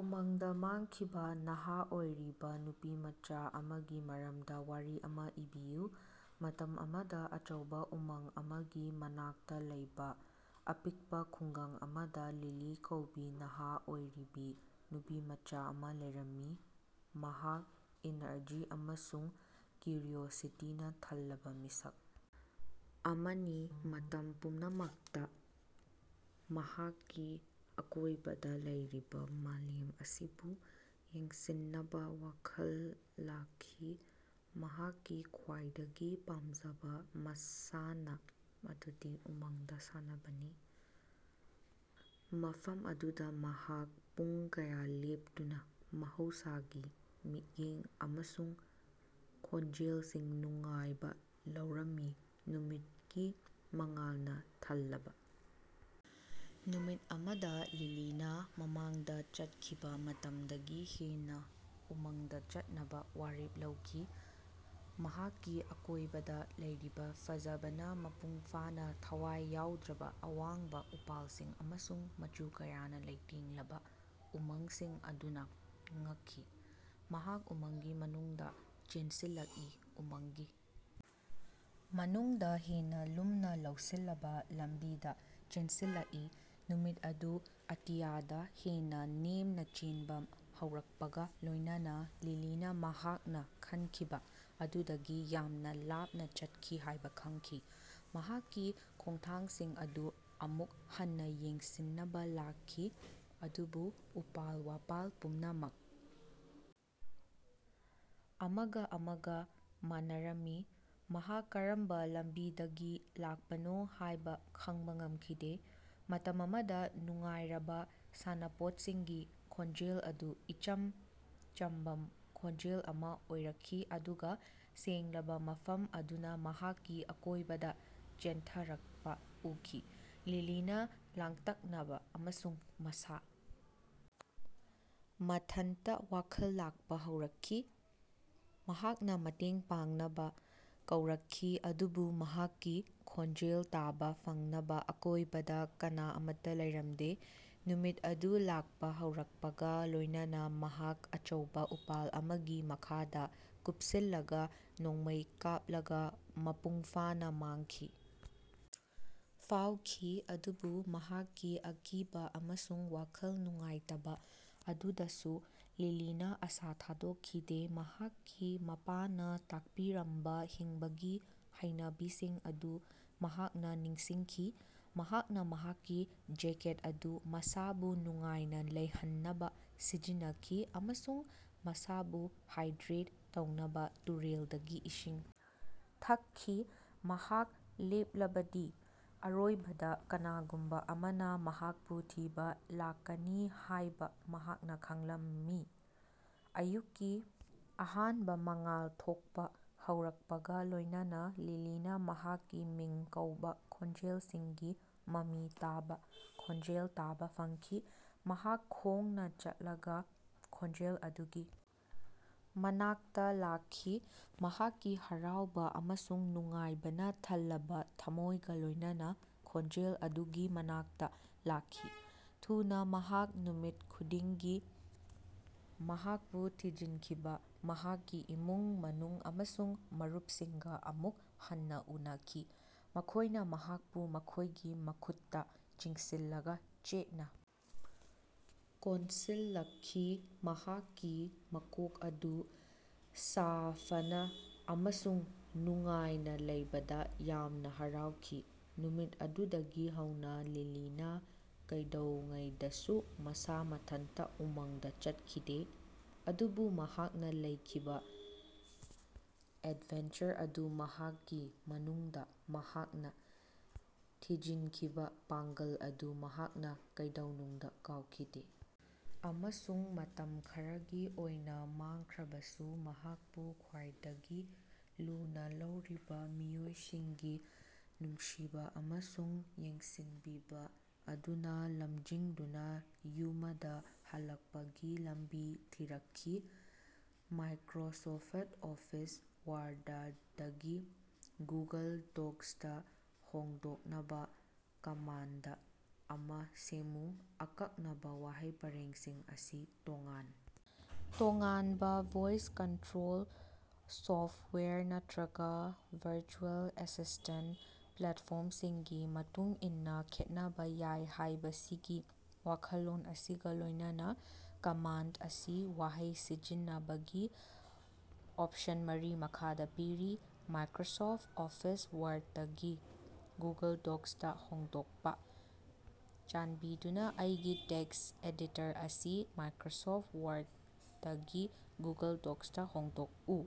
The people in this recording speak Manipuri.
ꯎꯃꯪꯗ ꯃꯥꯡꯈꯤꯕ ꯅꯍꯥ ꯑꯣꯏꯔꯤꯕ ꯅꯨꯄꯤꯃꯆꯥ ꯑꯃꯒꯤ ꯃꯔꯝꯗ ꯋꯥꯔꯤ ꯑꯃ ꯏꯕꯤꯌꯨ꯫ ꯃꯇꯝ ꯑꯃꯗ ꯑꯆꯧꯕ ꯎꯃꯪ ꯑꯃꯒꯤ ꯃꯅꯥꯛꯇ ꯂꯩꯕ ꯑꯄꯤꯛꯄ ꯈꯨꯡꯒꯪ ꯑꯃꯗ ꯂꯤꯂꯤ ꯀꯧꯕꯤ ꯅꯍꯥ ꯑꯣꯏꯔꯤꯕꯤ ꯅꯨꯄꯤꯃꯆꯥ ꯑꯃ ꯂꯩꯔꯝꯃꯤ꯫ ꯃꯍꯥꯛ ꯏꯅꯔꯖꯤ ꯑꯃꯁꯨꯡ ꯀ꯭ꯌꯨꯔꯤꯑꯣꯁꯤꯇꯤꯅ ꯊꯜꯂꯕ ꯃꯤꯁꯛ ꯑꯃꯅꯤ꯫ ꯃꯇꯝ ꯄꯨꯝꯅꯃꯛꯇ ꯃꯍꯥꯛꯀꯤ ꯑꯀꯣꯏꯕꯗ ꯂꯩꯔꯤꯕ ꯃꯥꯂꯦꯝ ꯑꯁꯤꯕꯨ ꯌꯦꯡꯁꯤꯟꯅꯕ ꯋꯥꯈꯜ ꯂꯥꯛꯈꯤ꯫ ꯃꯍꯥꯛꯀꯤ ꯈ꯭ꯋꯥꯏꯗꯒꯤ ꯄꯥꯝꯖꯕ ꯃꯁꯥꯟꯅ ꯑꯗꯨꯗꯤ ꯎꯃꯪꯗ ꯁꯥꯟꯅꯕꯅꯤ꯫ ꯃꯐꯝ ꯑꯗꯨꯗ ꯃꯍꯥꯛ ꯄꯨꯡ ꯀꯌꯥ ꯂꯦꯞꯇꯨꯅ ꯃꯍꯧꯁꯥꯒꯤ ꯃꯤꯠꯌꯦꯡ ꯑꯃꯁꯨꯡ ꯈꯣꯟꯖꯦꯜꯁꯤꯡ ꯅꯨꯡꯉꯥꯏꯕ ꯂꯧꯔꯝꯃꯤ꯫ ꯅꯨꯃꯤꯠꯀꯤ ꯃꯉꯥꯜꯅ ꯊꯜꯂꯕ ꯅꯨꯃꯤꯠ ꯑꯃꯗ ꯂꯤꯂꯤꯅ ꯃꯃꯥꯡꯗ ꯆꯠꯈꯤꯕ ꯃꯇꯝꯗꯒꯤ ꯍꯦꯟꯅ ꯎꯃꯪꯗ ꯆꯠꯅꯕ ꯋꯥꯔꯦꯞ ꯂꯧꯈꯤ꯫ ꯃꯍꯥꯛꯀꯤ ꯑꯀꯣꯏꯕꯗ ꯂꯩꯔꯤꯕ ꯐꯖꯕꯅ ꯃꯄꯨꯡ ꯐꯥꯅ ꯊꯋꯥꯏ ꯌꯥꯎꯗ꯭ꯔꯕ ꯑꯋꯥꯡꯕ ꯎꯄꯥꯜꯁꯤꯡ ꯑꯃꯁꯨꯡ ꯃꯆꯨ ꯀꯌꯥꯅ ꯂꯩꯇꯦꯡꯂꯕ ꯎꯃꯪꯁꯤꯡ ꯑꯗꯨꯅ ꯉꯛꯈꯤ꯫ ꯃꯍꯥꯛ ꯎꯃꯪꯒꯤ ꯃꯅꯨꯡꯗ ꯆꯦꯟꯁꯤꯜꯂꯛꯏ꯫ ꯎꯃꯪꯒꯤ ꯃꯅꯨꯡꯗ ꯍꯦꯟꯅ ꯂꯨꯝꯅ ꯂꯧꯁꯤꯜꯂꯕ ꯂꯝꯕꯤꯗ ꯆꯦꯟꯁꯤꯜꯂꯛꯏ꯫ ꯅꯨꯃꯤꯠ ꯑꯗꯨ ꯑꯇꯤꯌꯥꯗ ꯍꯦꯟꯅ ꯅꯦꯝꯅ ꯆꯦꯟꯕ ꯍꯧꯔꯛꯄꯒ ꯂꯣꯏꯅꯅ ꯂꯤꯂꯤꯅ ꯃꯍꯥꯛꯅ ꯈꯟꯈꯤꯕ ꯑꯗꯨꯗꯒꯤ ꯌꯥꯝꯅ ꯂꯥꯞꯅ ꯆꯠꯈꯤ ꯍꯥꯏꯕ ꯈꯪꯈꯤ꯫ ꯃꯍꯥꯛꯀꯤ ꯈꯣꯡꯊꯥꯡꯁꯤꯡ ꯑꯗꯨ ꯑꯃꯨꯛ ꯍꯟꯅ ꯌꯦꯡꯁꯤꯟꯅꯕ ꯂꯥꯛꯈꯤ ꯑꯗꯨꯕꯨ ꯎꯄꯥꯜ-ꯋꯥꯄꯥꯜ ꯄꯨꯝꯅꯃꯛ ꯑꯃꯒ ꯑꯃꯒ ꯃꯥꯟꯅꯔꯝꯃꯤ꯫ ꯃꯍꯥꯛ ꯀꯔꯝꯕ ꯂꯝꯕꯤꯗꯒꯤ ꯂꯥꯛꯄꯅꯣ ꯍꯥꯏꯕ ꯈꯪꯕ ꯉꯝꯈꯤꯗꯦ꯫ ꯃꯇꯝ ꯑꯃꯗ ꯅꯨꯡꯉꯥꯏꯔꯕ ꯁꯥꯟꯅꯄꯣꯠꯁꯤꯡꯒꯤ ꯈꯣꯟꯖꯦꯜ ꯑꯗꯨ ꯏꯆꯝ ꯆꯝꯕ ꯈꯣꯟꯖꯦꯜ ꯑꯃ ꯑꯣꯏꯔꯛꯈꯤ ꯑꯗꯨꯒ ꯁꯦꯡꯂꯕ ꯃꯐꯝ ꯑꯗꯨꯅ ꯃꯍꯥꯛꯀꯤ ꯑꯀꯣꯏꯕꯗ ꯆꯦꯟꯊꯔꯛꯄ ꯎꯈꯤ꯫ ꯂꯤꯂꯤꯅ ꯂꯥꯡꯇꯛꯅꯕ ꯑꯃꯁꯨꯡ ꯃꯁꯥ ꯃꯊꯟꯇ ꯋꯥꯈꯜ ꯂꯥꯛꯄ ꯍꯧꯔꯛꯈꯤ꯫ ꯃꯍꯥꯛꯅ ꯃꯇꯦꯡ ꯄꯥꯡꯅꯕ ꯀꯧꯔꯛꯈꯤ ꯑꯗꯨꯕꯨ ꯃꯍꯥꯛꯀꯤ ꯈꯣꯟꯖꯦꯜ ꯇꯥꯕ ꯐꯪꯅꯕ ꯑꯀꯣꯏꯕꯗ ꯀꯅꯥ ꯑꯃꯠꯇ ꯂꯩꯔꯝꯗꯦ꯫ ꯅꯨꯃꯤꯠ ꯑꯗꯨ ꯂꯥꯛꯄ ꯍꯧꯔꯛꯄꯒ ꯂꯣꯏꯅꯅ ꯃꯍꯥꯛ ꯑꯆꯧꯕ ꯎꯄꯥꯜ ꯑꯃꯒꯤ ꯃꯈꯥꯗ ꯀꯨꯞꯁꯤꯜꯂꯒ ꯅꯣꯡꯃꯩ ꯀꯥꯞꯂꯒ ꯃꯄꯨꯡ ꯐꯥꯅ ꯃꯥꯡꯈꯤꯕ ꯐꯥꯎꯈꯤ꯫ ꯑꯗꯨꯕꯨ ꯃꯍꯥꯛꯀꯤ ꯑꯀꯤꯕ ꯑꯃꯁꯨꯡ ꯋꯥꯈꯜ ꯅꯨꯡꯉꯥꯏꯇꯕ ꯑꯗꯨꯗꯁꯨ ꯂꯤꯂꯤꯅ ꯑꯁꯥ ꯊꯥꯗꯣꯛꯈꯤꯗꯦ꯫ ꯃꯍꯥꯛꯀꯤ ꯃꯄꯥꯅ ꯇꯥꯛꯄꯤꯔꯝꯕ ꯍꯤꯡꯕꯒꯤ ꯍꯩꯅꯕꯤꯁꯤꯡ ꯑꯗꯨ ꯃꯍꯥꯛꯅ ꯅꯤꯡꯁꯤꯡꯈꯤ꯫ ꯃꯍꯥꯛꯅ ꯃꯍꯥꯛꯀꯤ ꯖꯦꯀꯦꯠ ꯑꯗꯨ ꯃꯁꯥꯕꯨ ꯅꯨꯡꯉꯥꯏꯅ ꯂꯩꯍꯟꯅꯕ ꯁꯤꯖꯤꯟꯅꯈꯤ ꯑꯃꯁꯨꯡ ꯃꯁꯥꯕꯨ ꯍꯥꯏꯗ꯭ꯔꯦꯠ ꯇꯧꯅꯕ ꯇꯨꯔꯦꯜꯗꯒꯤ ꯏꯁꯤꯡ ꯊꯛꯈꯤ꯫ ꯃꯍꯥꯛ ꯂꯦꯞꯂꯕꯗꯤ ꯑꯔꯣꯏꯕꯗ ꯀꯅꯥꯒꯨꯝꯕ ꯑꯃꯅ ꯃꯍꯥꯛꯄꯨ ꯊꯤꯕ ꯂꯥꯛꯀꯅꯤ ꯍꯥꯏꯕ ꯃꯍꯥꯛꯅ ꯈꯪꯂꯝꯃꯤ꯫ ꯑꯌꯨꯛꯀꯤ ꯑꯍꯥꯟꯕ ꯃꯉꯥꯜ ꯊꯣꯛꯄ ꯍꯧꯔꯛꯄꯒ ꯂꯣꯏꯅꯅ ꯂꯤꯂꯤꯅ ꯃꯍꯥꯛꯀꯤ ꯃꯤꯡ ꯀꯧꯕ ꯈꯣꯟꯖꯦꯜꯁꯤꯡꯒꯤ ꯃꯃꯤ ꯇꯥꯕ, ꯈꯣꯟꯖꯦꯜ ꯇꯥꯕ ꯐꯪꯈꯤ꯫ ꯃꯍꯥꯛ ꯈꯣꯡꯅ ꯆꯠꯂꯒ ꯈꯣꯟꯖꯦꯜ ꯑꯗꯨꯒꯤ ꯃꯅꯥꯛꯇ ꯂꯥꯛꯈꯤ꯫ ꯃꯍꯥꯛꯀꯤ ꯍꯔꯥꯎꯕ ꯑꯃꯁꯨꯡ ꯅꯨꯡꯉꯥꯏꯕꯅ ꯊꯜꯂꯕ ꯊꯃꯣꯏꯒ ꯂꯣꯏꯅꯅ ꯈꯣꯟꯖꯦꯜ ꯑꯗꯨꯒꯤ ꯃꯅꯥꯛꯇ ꯂꯥꯛꯈꯤ꯫ ꯊꯨꯅ ꯃꯍꯥꯛ ꯅꯨꯃꯤꯠ ꯈꯨꯗꯤꯡꯒꯤ ꯃꯍꯥꯛꯄꯨ ꯊꯤꯖꯤꯟꯈꯤꯕ ꯃꯍꯥꯛꯀꯤ ꯏꯃꯨꯡ ꯃꯅꯨꯡ ꯑꯃꯁꯨꯡ ꯃꯔꯨꯞꯁꯤꯡꯒ ꯑꯃꯨꯛ ꯍꯟꯅ ꯎꯅꯈꯤ꯫ ꯃꯈꯣꯏꯅ ꯃꯍꯥꯛꯄꯨ ꯃꯈꯣꯏꯒꯤ ꯃꯈꯨꯠꯇ ꯆꯤꯡꯁꯤꯜꯂꯒ ꯆꯦꯠꯅ ꯀꯣꯟꯁꯤꯜꯂꯛꯈꯤ꯫ ꯃꯍꯥꯛꯀꯤ ꯃꯀꯣꯛ ꯑꯗꯨ ꯁꯥꯐꯅ ꯑꯃꯁꯨꯡ ꯅꯨꯡꯉꯥꯏꯅ ꯂꯩꯕꯗ ꯌꯥꯝꯅ ꯍꯔꯥꯎꯈꯤ꯫ ꯅꯨꯃꯤꯠ ꯑꯗꯨꯗꯒꯤ ꯍꯧꯅ ꯂꯤꯂꯤꯅ ꯀꯩꯗꯧꯉꯩꯗꯁꯨ ꯃꯁꯥ ꯃꯊꯟꯇ ꯎꯃꯪꯗ ꯆꯠꯈꯤꯗꯦ꯫ ꯑꯗꯨꯕꯨ ꯃꯍꯥꯛꯅ ꯂꯩꯈꯤꯕ ꯑꯦꯗꯚꯦꯟꯆꯔ ꯑꯗꯨ ꯃꯍꯥꯛꯀꯤ ꯃꯅꯨꯡꯗ ꯃꯍꯥꯛꯅ ꯊꯤꯖꯤꯟꯈꯤꯕ ꯄꯥꯡꯒꯜ ꯑꯗꯨ ꯃꯍꯥꯛꯅ ꯀꯩꯗꯧꯅꯨꯡꯗ ꯀꯥꯎꯈꯤꯗꯦ꯫ ꯑꯃꯁꯨꯡ ꯃꯇꯝ ꯈꯔꯒꯤ ꯑꯣꯏꯅ ꯃꯥꯡꯈ꯭ꯔꯕꯁꯨ ꯃꯍꯥꯛꯄꯨ ꯈ꯭ꯋꯥꯏꯗꯒꯤ ꯂꯨꯅ ꯂꯧꯔꯤꯕ ꯃꯤꯑꯣꯏꯁꯤꯡꯒꯤ ꯅꯨꯡꯁꯤꯕ ꯑꯃꯁꯨꯡ ꯌꯦꯡꯁꯤꯟꯕꯤꯕ ꯑꯗꯨꯅ ꯂꯝꯖꯤꯡꯗꯨꯅ ꯌꯨꯃꯗ ꯍꯜꯂꯛꯄꯒꯤ ꯂꯝꯕꯤ ꯊꯤꯔꯛꯈꯤ꯫ "ꯃꯥꯏꯀ꯭ꯔꯣꯁꯣꯐꯠ ꯑꯣꯐꯤꯁ ꯋꯥꯔꯗ"ꯗꯒꯤ "ꯒꯨꯒꯜ ꯗꯣꯛꯁ"ꯇ ꯍꯣꯡꯗꯣꯛꯅꯕ ꯀꯃꯥꯟꯗ ꯑꯃ ꯁꯦꯝꯃꯨ꯫ ꯑꯀꯛꯅꯕ ꯋꯥꯍꯩ ꯄꯔꯦꯡꯁꯤꯡ ꯑꯁꯤ ꯇꯣꯉꯥꯟ ꯇꯣꯉꯥꯟꯕ ꯚꯣꯏꯁ ꯀꯟꯇ꯭ꯔꯣꯜ ꯁꯣꯐꯠꯋꯦꯌꯔ ꯅꯠꯇ꯭ꯔꯒ ꯚꯔꯆꯨꯑꯦꯜ ꯑꯦꯁꯤꯁꯇꯦꯟꯇ ꯄ꯭ꯂꯦꯠꯐꯣꯔꯝꯁꯤꯡꯒꯤ ꯃꯇꯨꯡ ꯏꯟꯅ ꯈꯦꯠꯅꯕ ꯌꯥꯏ ꯍꯥꯏꯕꯁꯤꯒꯤ ꯋꯥꯈꯜꯂꯣꯟ ꯑꯁꯤꯒ ꯂꯣꯏꯅꯅ ꯀꯃꯥꯟꯗ ꯑꯁꯤ ꯋꯥꯍꯩ ꯁꯤꯖꯤꯟꯅꯕꯒꯤ ꯑꯣꯞꯁꯟ ꯃꯔꯤ ꯃꯈꯥꯗ ꯄꯤꯔꯤ: "ꯃꯥꯏꯀ꯭ꯔꯣꯁꯣꯐꯠ ꯑꯣꯐꯤꯁ ꯋꯥꯔꯗꯇꯒꯤ ꯒꯨꯒꯜ ꯗꯣꯛꯁꯇ ꯍꯣꯡꯗꯣꯛꯄ", "ꯆꯥꯟꯕꯤꯗꯨꯅ ꯑꯩꯒꯤ ꯇꯦꯛꯁ ꯑꯦꯗꯤꯇꯔ ꯑꯁꯤ ꯃꯥꯏꯀ꯭ꯔꯣꯁꯣꯐꯠ ꯋꯥꯔꯗꯇꯒꯤ ꯒꯨꯒꯜ ꯗꯣꯛꯁꯇ ꯍꯣꯡꯗꯣꯛꯎ"꯫